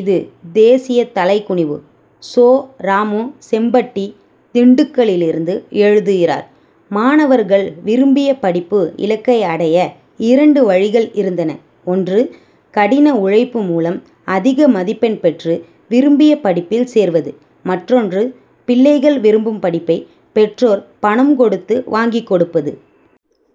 இது தேசிய தலைகுனிவு! சோ. ராமு, செம்பட்டி, திண்டுக்கலிலிருந்து எழுதுகிறார் மாணவர்கள் விரும்பிய படிப்பு இலக்கை அடைய, இரண்டு வழிகள் இருந்தன. ஒன்று, கடின உழைப்பு மூலம் அதிக மதிப்பெண் பெற்று, விரும்பிய படிப்பில் சேர்வது, மற்றொன்று, பிள்ளைகள் விரும்பும் படிப்பை, பெற்றோர் பணம் கொடுத்து வாங்கிக் கொடுப்பது.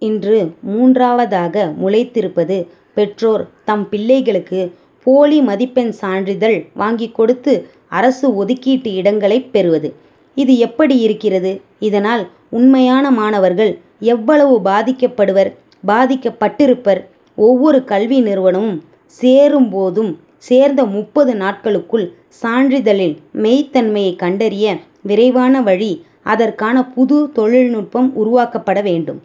இன்று மூன்றாவதாக முளைத்திருப்பது, பெற்றோர் தம் பிள்ளைகளுக்கு போலி மதிப்பெண் சான்றிதழ் வாங்கிக் கொடுத்து, அரசு ஒதுக்கீட்டு இடங்களைப் பெறுவது. இது எப்படி இருக்கிறது? இதனால், உண்மையான மாணவர்கள் எவ்வளவு பாதிக்கப்படுவர், பாதிக்கப்பட்டிருப்பர். ஒவ்வொரு கல்வி நிறுவனம், சேரும் போதும், சேர்ந்த முப்பது நாட்களுக்குள், சான்றிதழின் மெய்தன்மையை கண்டறிய விரைவான வழி, அதற்கான புது தொழில்நுட்பம் உருவாக்கப்பட வேண்டும்.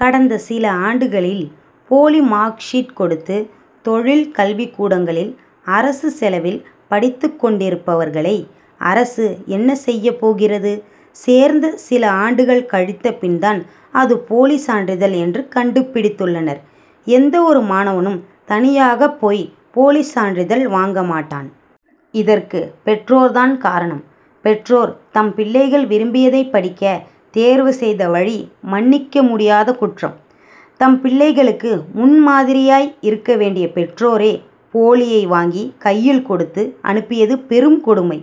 கடந்த சில ஆண்டுகளில், போலி மார்க் ஷீட் கொடுத்து, தொழில் கல்விக் கூடங்களில் அரசு செலவில் படித்துக் கொண்டிருப்பவர்களை, அரசு என்ன செய்யப் போகிறது? சேர்ந்த சில ஆண்டுகள் கழித்த பின் தான், அது போலி சான்றிதழ் என்று கண்டுபிடித்துள்ளனர். எந்தவொரு மாணவனும், தனியாகப் போய் போலி சான்றிதழ் வாங்க மாட்டான். இதற்கு பெற்றோர் தான் காரணம். பெற்றோர் தம் பிள்ளைகள் விரும்பியதைப் படிக்க தேர்வு செய்த வழி, மன்னிக்க முடியாத குற்றம். தம் பிள்ளைகளுக்கு முன் மாதிரியாய் இருக்க வேண்டிய பெற்றோரே, போலியை வாங்கி கையில் கொடுத்து அனுப்பியது பெரும் கொடுமை.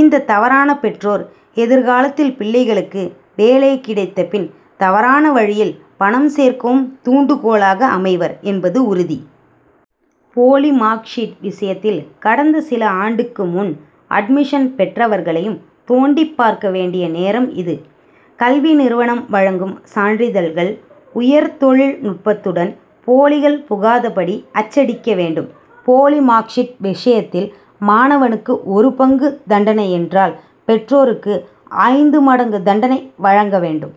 இந்த தவறான பெற்றோர், எதிர்காலத்தில் பிள்ளைகளுக்கு வேலை கிடைத்த பின், தவறான வழியில் பணம் சேர்க்கவும் தூண்டுகோலாக அமைவர் என்பது உறுதி. போலி மார்க் ஷீட் விஷயத்தில், கடந்த சில ஆண்டுக்கு முன் அட்மிஷன் பெற்றவர்களையும் தோண்டிப் பார்க்க வேண்டிய நேரம் இது. கல்வி நிறுவனம் வழங்கும் சான்றிதழ்கள், உயர் தொழில் நுட்பத்துடன், போலிகள் புகாதபடி அச்சடிக்க வேண்டும். போலி மார்க் ஷீட் விஷயத்தில், மாணவனுக்கு ஒரு பங்கு தண்டனையென்றால், பெற்றோருக்கு ஐந்து மடங்கு தண்டனை வழங்க வேண்டும்.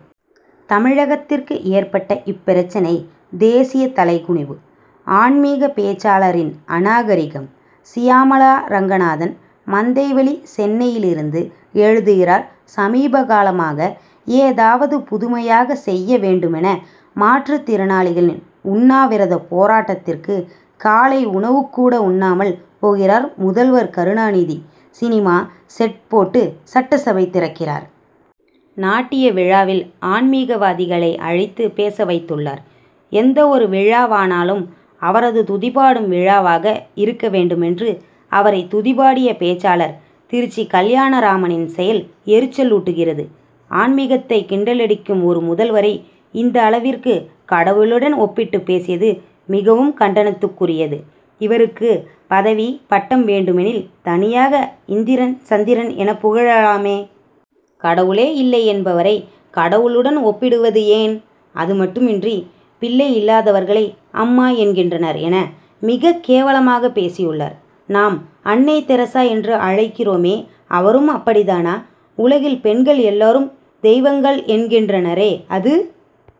தமிழகத்திற்கு ஏற்பட்ட இப்பிரச்சனை, தேசிய தலைகுனிவு. ஆன்மிக பேச்சாளரின் அநாகரிகம்! சியாமளா ரங்கநாதன், மந்தைவெளி, சென்னையிலிருந்து எழுதுகிறார் சமீபகாலமாக, ஏதாவது புதுமையாக செய்ய வேண்டுமென, மாற்றுத் திறனாளிகளின் உண்ணாவிரத போராட்டத்திற்கு, காலை உணவுக்கூட உண்ணாமல் போகிறார் முதல்வர் கருணாநிதி. சினிமா, செட் போட்டு சட்டசபை திறக்கிறார். நாட்டிய விழாவில், ஆன்மிகவாதிகளை அழைத்து பேச வைத்துள்ளார். எந்த ஒரு விழாவானாலும், அவரது துதிபாடும் விழாவாக இருக்க வேண்டுமென்று, அவரை துதிபாடிய பேச்சாளர் திருச்சி கல்யாணராமனின் செயல் எரிச்சலூட்டுகிறது. ஆன்மிகத்தை கிண்டலடிக்கும் ஒரு முதல்வரை, இந்த அளவிற்கு கடவுளுடன் ஒப்பிட்டு பேசியது, மிகவும் கண்டனத்துக்குரியது. இவருக்கு பதவி, பட்டம் வேண்டுமெனில், தனியாக இந்திரன், சந்திரன் எனப் புகழலாமே! கடவுளே இல்லை என்பவரை, கடவுளுடன் ஒப்பிடுவது ஏன்? அது மட்டுமின்றி, பிள்ளை இல்லாதவர்களை அம்மா என்கின்றனர் என, மிக கேவலமாக பேசியுள்ளார். நாம், அன்னை தெரசா என்று அழைக்கிறோமே, அவரும் அப்படித் தானா? உலகில் பெண்கள் எல்லோரும் தெய்வங்கள் என்கின்றனரே, அது